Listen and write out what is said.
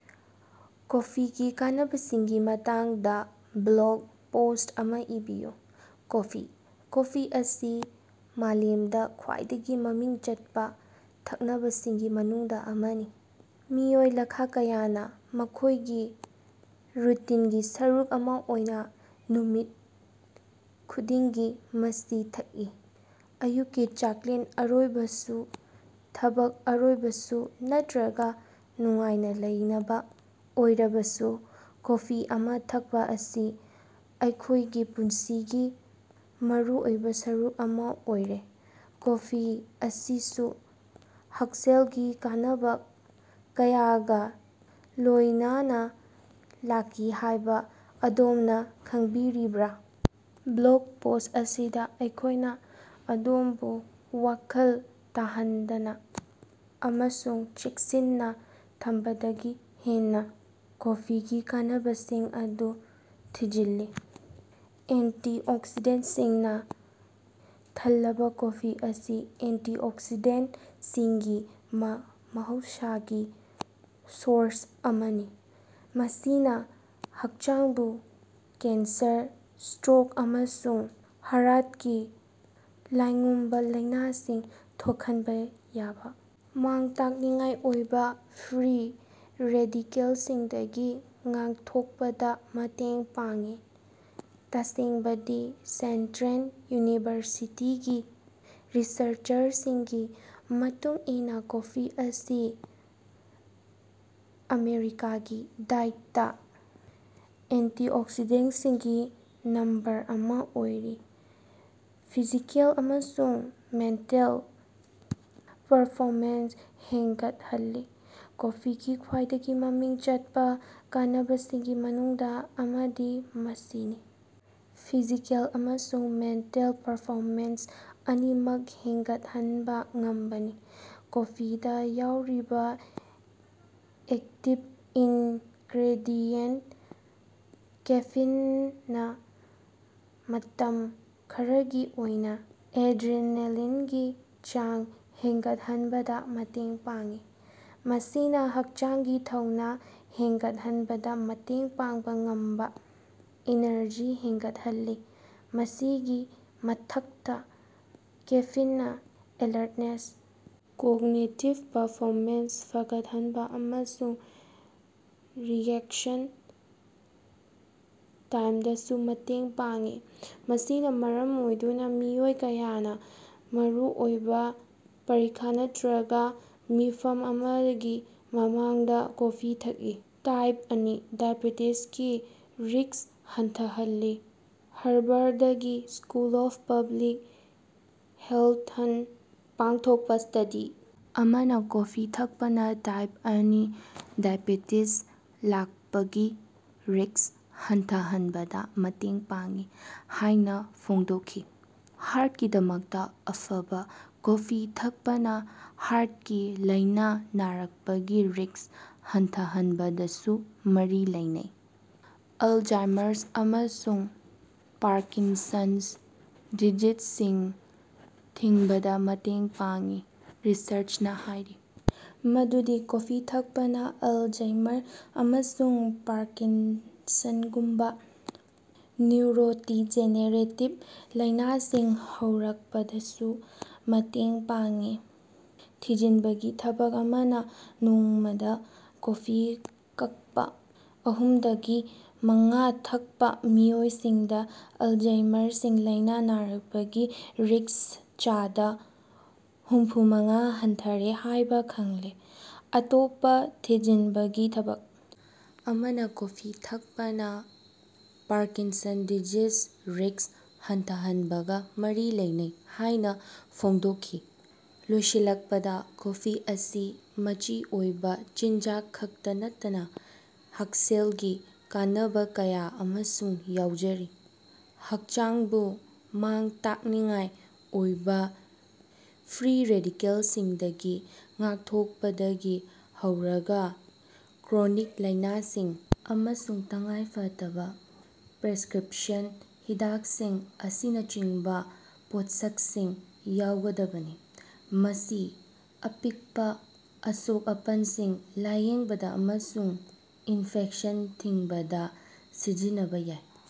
ꯀꯣꯐꯤꯒꯤ ꯀꯥꯟꯅꯕꯁꯤꯡꯒꯤ ꯃꯇꯥꯡꯗ blog post ꯑꯃ ꯏꯕꯤꯌꯨ꯫ ꯀꯣꯐꯤ: ꯀꯣꯐꯤ ꯑꯁꯤ ꯃꯥꯂꯦꯝꯗ ꯈ꯭ꯋꯥꯏꯗꯒꯤ ꯃꯃꯤꯡ ꯆꯠꯄ ꯊꯛꯅꯕꯁꯤꯡꯒꯤ ꯃꯅꯨꯡꯗ ꯑꯃꯅꯤ꯫ ꯃꯤꯑꯣꯏ ꯂꯥꯈ ꯀꯌꯥꯅ ꯃꯈꯣꯏꯒꯤ ꯔꯨꯇꯤꯟꯒꯤ ꯁꯔꯨꯛ ꯑꯃ ꯑꯣꯏꯅ ꯅꯨꯃꯤꯠ ꯈꯨꯗꯤꯡꯒꯤ ꯃꯁꯤ ꯊꯛꯏ꯫ ꯑꯌꯨꯛꯀꯤ ꯆꯥꯛꯂꯦꯟ ꯑꯣꯏꯔꯕꯁꯨ, ꯊꯕꯛ ꯑꯣꯏꯔꯕꯁꯨ ꯅꯠꯇ꯭ꯔꯒ ꯅꯨꯡꯉꯥꯏꯅ ꯂꯩꯅꯕ ꯑꯣꯏꯔꯕꯁꯨ, ꯀꯣꯐꯤ ꯑꯃ ꯊꯛꯄ ꯑꯁꯤ ꯑꯩꯈꯣꯏꯒꯤ ꯄꯨꯟꯁꯤꯒꯤ ꯃꯔꯨꯑꯣꯏꯕ ꯁꯔꯨꯛ ꯑꯃ ꯑꯣꯏꯔꯦ꯫ ꯀꯣꯐꯤ ꯑꯁꯤꯁꯨ ꯍꯛꯁꯦꯜꯒꯤ ꯀꯥꯟꯅꯕ ꯀꯌꯥꯒ ꯂꯣꯌꯅꯅ ꯂꯥꯛꯏ ꯍꯥꯏꯕ ꯑꯗꯣꯝꯅ ꯈꯪꯕꯤꯔꯤꯕ꯭ꯔꯥ? ꯕ꯭ꯂꯣꯒ ꯄꯣꯁ꯭ꯠ ꯑꯁꯤꯗ ꯑꯩꯈꯣꯏꯅ ꯑꯗꯣꯝꯕꯨ ꯋꯥꯈꯜ ꯇꯥꯍꯟꯗꯅ ꯑꯃꯁꯨꯡ ꯆꯦꯛꯁꯤꯟꯅ ꯊꯝꯕꯗꯒꯤ ꯍꯦꯟꯅ ꯀꯣꯐꯤꯒꯤ ꯀꯥꯟꯅꯕꯁꯤꯡ ꯑꯗꯨ ꯊꯤꯖꯤꯜꯂꯤ꯫ ꯑꯦꯟꯇꯤꯑꯣꯛꯁꯤꯗꯦꯟꯇꯁꯤꯡꯅ ꯊꯜꯂꯕ ꯀꯣꯐꯤ ꯑꯁꯤ ꯑꯦꯟꯇꯤꯑꯣꯛꯁꯤꯗꯦꯟꯇꯁꯤꯡꯒꯤ ꯃꯍꯧꯁꯥꯒꯤ ꯁꯣꯔꯁ ꯑꯃꯅꯤ꯫ ꯃꯁꯤꯅ ꯍꯛꯆꯥꯡꯕꯨ ꯀꯦꯟꯁꯔ, ꯁ꯭ꯇꯔꯣꯛ ꯑꯃꯁꯨꯡ ꯍꯥꯔꯠꯀꯤ ꯂꯥꯏꯉꯨꯝꯕ ꯂꯥꯏꯅꯁꯤꯡ ꯊꯣꯛꯍꯟꯕ ꯌꯥꯕ ꯃꯥꯡ-ꯇꯥꯛꯅꯤꯡꯉꯥꯏ ꯑꯣꯏꯕ ꯐ꯭ꯔꯤ ꯔꯦꯗꯤꯀꯦꯜꯁꯤꯡꯗꯒꯤ ꯉꯥꯛꯊꯣꯛꯄꯗ ꯃꯇꯦꯡ ꯄꯥꯡꯉꯤ꯫ ꯇꯁꯦꯡꯕꯗꯤ ꯁ꯭ꯇꯔꯦꯟꯇꯟ ꯌꯨꯅꯤꯚꯔꯁꯤꯇꯤꯒꯤ ꯔꯤꯁꯔꯆꯔꯁꯤꯡꯒꯤ ꯃꯇꯨꯡ ꯏꯟꯅ ꯀꯣꯐꯤ ꯑꯁꯤ ꯑꯃꯦꯔꯤꯀꯥꯒꯤ ꯗꯥꯏꯠꯇ ꯑꯦꯟꯇꯤꯑꯣꯛꯁꯤꯗꯦꯟꯇꯁꯤꯡꯒꯤ ꯅꯝꯕꯔ ꯑꯃ ꯑꯣꯏꯔꯤ꯫ ꯐꯤꯖꯤꯀꯦꯜ ꯑꯃꯁꯨꯡ ꯃꯦꯟꯇꯜ ꯄꯔꯐꯣꯃꯦꯟꯁ ꯍꯦꯟꯒꯠꯍꯜꯂꯤ꯫ꯀꯣꯐꯤꯒꯤ ꯈ꯭ꯋꯥꯏꯗꯒꯤ ꯃꯃꯤꯡ ꯆꯠꯄ ꯀꯥꯟꯅꯕꯁꯤꯡꯒꯤ ꯃꯅꯨꯡꯗ ꯑꯃꯗꯤ ꯃꯁꯤꯅ ꯐꯤꯖꯤꯀꯦꯜ ꯑꯃꯁꯨꯡ ꯃꯦꯟꯇꯜ ꯄꯔꯐꯣꯃꯦꯟꯁ ꯑꯅꯤꯃꯛ ꯍꯦꯟꯒꯠꯍꯟꯕ ꯉꯝꯕꯅꯤ꯫ ꯀꯣꯐꯤꯗ ꯌꯥꯎꯔꯤꯕ ꯑꯦꯛꯇꯤꯚ ꯏꯟꯒ꯭ꯔꯦꯗꯤꯌꯦꯟꯇ ꯀꯦꯐꯤꯟꯅ ꯃꯇꯝ ꯈꯔꯒꯤ ꯑꯣꯏꯅ ꯑꯦꯗ꯭ꯔꯤꯅꯦꯂꯤꯟꯒꯤ ꯆꯥꯡ ꯍꯦꯟꯒꯠꯍꯟꯕꯗ ꯃꯇꯦꯡ ꯄꯥꯡꯉꯤ꯫ ꯃꯁꯤꯅ ꯍꯛꯆꯥꯡꯒꯤ ꯊꯧꯅ ꯍꯦꯟꯒꯠꯍꯟꯕꯗ ꯃꯇꯦꯡ ꯄꯥꯡꯕ ꯉꯝꯕ ꯏꯅꯔꯖꯤ ꯍꯦꯟꯒꯠꯍꯜꯂꯤ꯫ ꯃꯁꯤꯒꯤ ꯃꯊꯛꯇ ꯀꯦꯐꯤꯟꯅ ꯑꯦꯂꯔꯠꯅꯦꯁ, ꯀꯣꯒꯅꯤꯇꯤꯚ ꯄꯔꯐꯣꯃꯦꯟꯁ ꯐꯒꯠꯍꯟꯕ ꯑꯃꯁꯨꯡ ꯔꯤꯑꯦꯛꯁꯟ ꯇꯥꯏꯝꯗꯁꯨ ꯃꯇꯦꯡ ꯄꯥꯡꯉꯤ꯫ ꯃꯁꯤꯅ ꯃꯔꯝ ꯑꯣꯏꯗꯨꯅ ꯃꯤꯑꯣꯏ ꯀꯌꯥꯅ ꯃꯔꯨꯑꯣꯏꯕ ꯄꯔꯤꯈ ꯅꯠꯇ꯭ꯔꯒ ꯃꯤꯐꯝ ꯑꯃꯒꯤ ꯃꯃꯥꯡꯗ ꯀꯣꯐꯤ ꯊꯛꯏ꯫ ꯇꯥꯏꯞ ꯑꯅꯤ- ꯗꯥꯏꯑꯦꯕꯦꯇꯤꯖꯒꯤ ꯔꯤꯁ꯭ꯛ ꯍꯟꯊꯍꯜꯂꯤ ꯍꯔꯕꯔꯗꯀꯤ ꯁ꯭ꯀꯨꯜ ꯑꯣꯐ ꯄꯕ꯭ꯂꯤꯛ ꯍꯦꯜꯊꯅ ꯄꯥꯡꯊꯣꯛꯄ ꯁ꯭ꯇꯗꯤ ꯑꯃꯅ ꯀꯣꯐꯤ ꯊꯛꯄꯅ ꯇꯥꯏꯞ ꯑꯅꯤ ꯗꯥꯏꯑꯦꯕꯦꯇꯤꯖ ꯂꯥꯛꯄꯒꯤ ꯔꯤꯁ꯭ꯛ ꯍꯟꯊꯍꯟꯕꯗ ꯃꯇꯦꯡ ꯄꯥꯡꯉꯤ ꯍꯥꯏꯅ ꯐꯣꯡꯗꯣꯛꯈꯤ꯫ ꯍꯥꯔꯠꯀꯤꯗꯃꯛꯇ ꯑꯐꯕ ꯀꯣꯐꯤ ꯊꯛꯄꯅ ꯍꯥꯔꯠꯀꯤ ꯂꯥꯏꯅꯥ ꯅꯥꯔꯛꯄꯒꯤ ꯔꯤꯁ꯭ꯛ ꯍꯟꯊꯍꯟꯕꯗꯁꯨ ꯃꯔꯤ ꯂꯩꯅꯩ꯫ ꯑꯜꯖꯩꯃꯔꯁ ꯑꯃꯁꯨꯡ ꯄꯥꯔꯀꯤꯟꯁꯟꯁ ꯗꯤꯖꯤꯖꯁꯤꯡ ꯊꯤꯡꯕꯗ ꯃꯇꯦꯡ ꯄꯥꯡꯉꯤ ꯔꯤꯁꯔꯆꯅ ꯍꯥꯏꯔꯤ ꯃꯗꯨꯗꯤ ꯀꯣꯐꯤ ꯊꯛꯄꯅ ꯑꯜꯖꯩꯃꯔꯁ ꯑꯃꯁꯨꯡ ꯄꯥꯔꯀꯤꯟꯁꯟꯁꯒꯨꯝꯕ ꯅ꯭ꯌꯨꯔꯣꯗꯤꯖꯦꯅꯦꯔꯦꯇꯤꯚ ꯂꯥꯏꯅꯥꯁꯤꯡ ꯍꯧꯔꯛꯄꯗꯁꯨ ꯃꯇꯦꯡ ꯄꯥꯡꯉꯤ꯫ ꯊꯤꯖꯤꯟꯕꯒꯤ ꯊꯕꯛ ꯑꯃꯅ ꯅꯣꯡꯃꯗ ꯀꯣꯐꯤ ꯀꯞ ꯑꯍꯨꯝꯗꯒꯤ ꯃꯉꯥ ꯊꯛꯄ ꯃꯤꯑꯣꯏꯁꯤꯡꯗ ꯑꯜꯖꯩꯃꯔꯁꯀꯤ ꯂꯥꯏꯅꯥ ꯅꯥꯔꯛꯄꯒꯤ ꯔꯤꯁ꯭ꯛ ꯆꯥꯗ ꯍꯨꯝꯐꯨꯃꯉꯥ ꯍꯟꯊꯔꯦ ꯍꯥꯏꯕ ꯈꯪꯂꯦ꯫ ꯑꯇꯣꯞꯄ ꯊꯤꯖꯤꯟꯕꯒꯤ ꯊꯕꯛ ꯑꯃꯅ ꯀꯣꯐꯤ ꯊꯛꯄꯅ ꯄꯥꯔꯀꯤꯟꯁꯟꯁ ꯗꯤꯖꯤꯖꯀꯤ ꯔꯤꯁ꯭ꯛ ꯍꯟꯊꯍꯟꯕꯒ ꯃꯔꯤ ꯂꯩꯅꯩ ꯍꯥꯏꯅ ꯐꯣꯡꯗꯣꯛꯈꯤ꯫ ꯂꯣꯏꯁꯤꯜꯂꯛꯄꯗ, ꯀꯣꯐꯤ ꯑꯁꯤ ꯃꯆꯤ ꯑꯣꯏꯕ ꯆꯤꯟꯖꯥꯛ ꯈꯛꯇ ꯅꯠꯇꯅ ꯍꯛꯁꯦꯜꯒꯤ ꯀꯥꯟꯅꯕ ꯀꯌꯥ ꯑꯃꯁꯨ ꯌꯥꯎꯔꯤ꯫ ꯍꯛꯆꯥꯡꯕꯨ ꯃꯥꯡ-ꯇꯥꯛꯅꯤꯡꯉꯥꯏ ꯑꯣꯏꯕ ꯐ꯭ꯔꯤ ꯔꯦꯗꯤꯀꯦꯜꯁꯤꯡꯗꯒꯤ ꯉꯥꯛꯊꯣꯛꯄꯗꯒꯤ ꯍꯧꯔꯒ ꯀ꯭ꯔꯣꯅꯤꯛ ꯂꯥꯏꯅꯁꯤꯡ ꯑꯃꯁꯨꯡ ꯇꯉꯥꯏꯐꯗꯕ ꯄ꯭ꯔꯦꯁꯀ꯭ꯔꯤꯞꯁꯟ ꯍꯤꯗꯥꯛꯁꯤꯡ ꯑꯁꯤꯅꯆꯤꯡꯕ ꯄꯣꯠꯁꯛꯁꯤꯡ ꯌꯥꯎꯒꯗꯕꯅꯤ꯫ ꯃꯁꯤ ꯑꯄꯤꯛꯄ ꯑꯁꯣꯛ-ꯑꯄꯟꯁꯤꯡ ꯂꯥꯏꯌꯦꯡꯕꯗ ꯑꯃꯁꯨꯡ ꯏꯟꯐꯦꯛꯁꯟ ꯊꯤꯡꯕꯗ ꯁꯤꯖꯤꯟꯅꯕ ꯌꯥꯏ꯫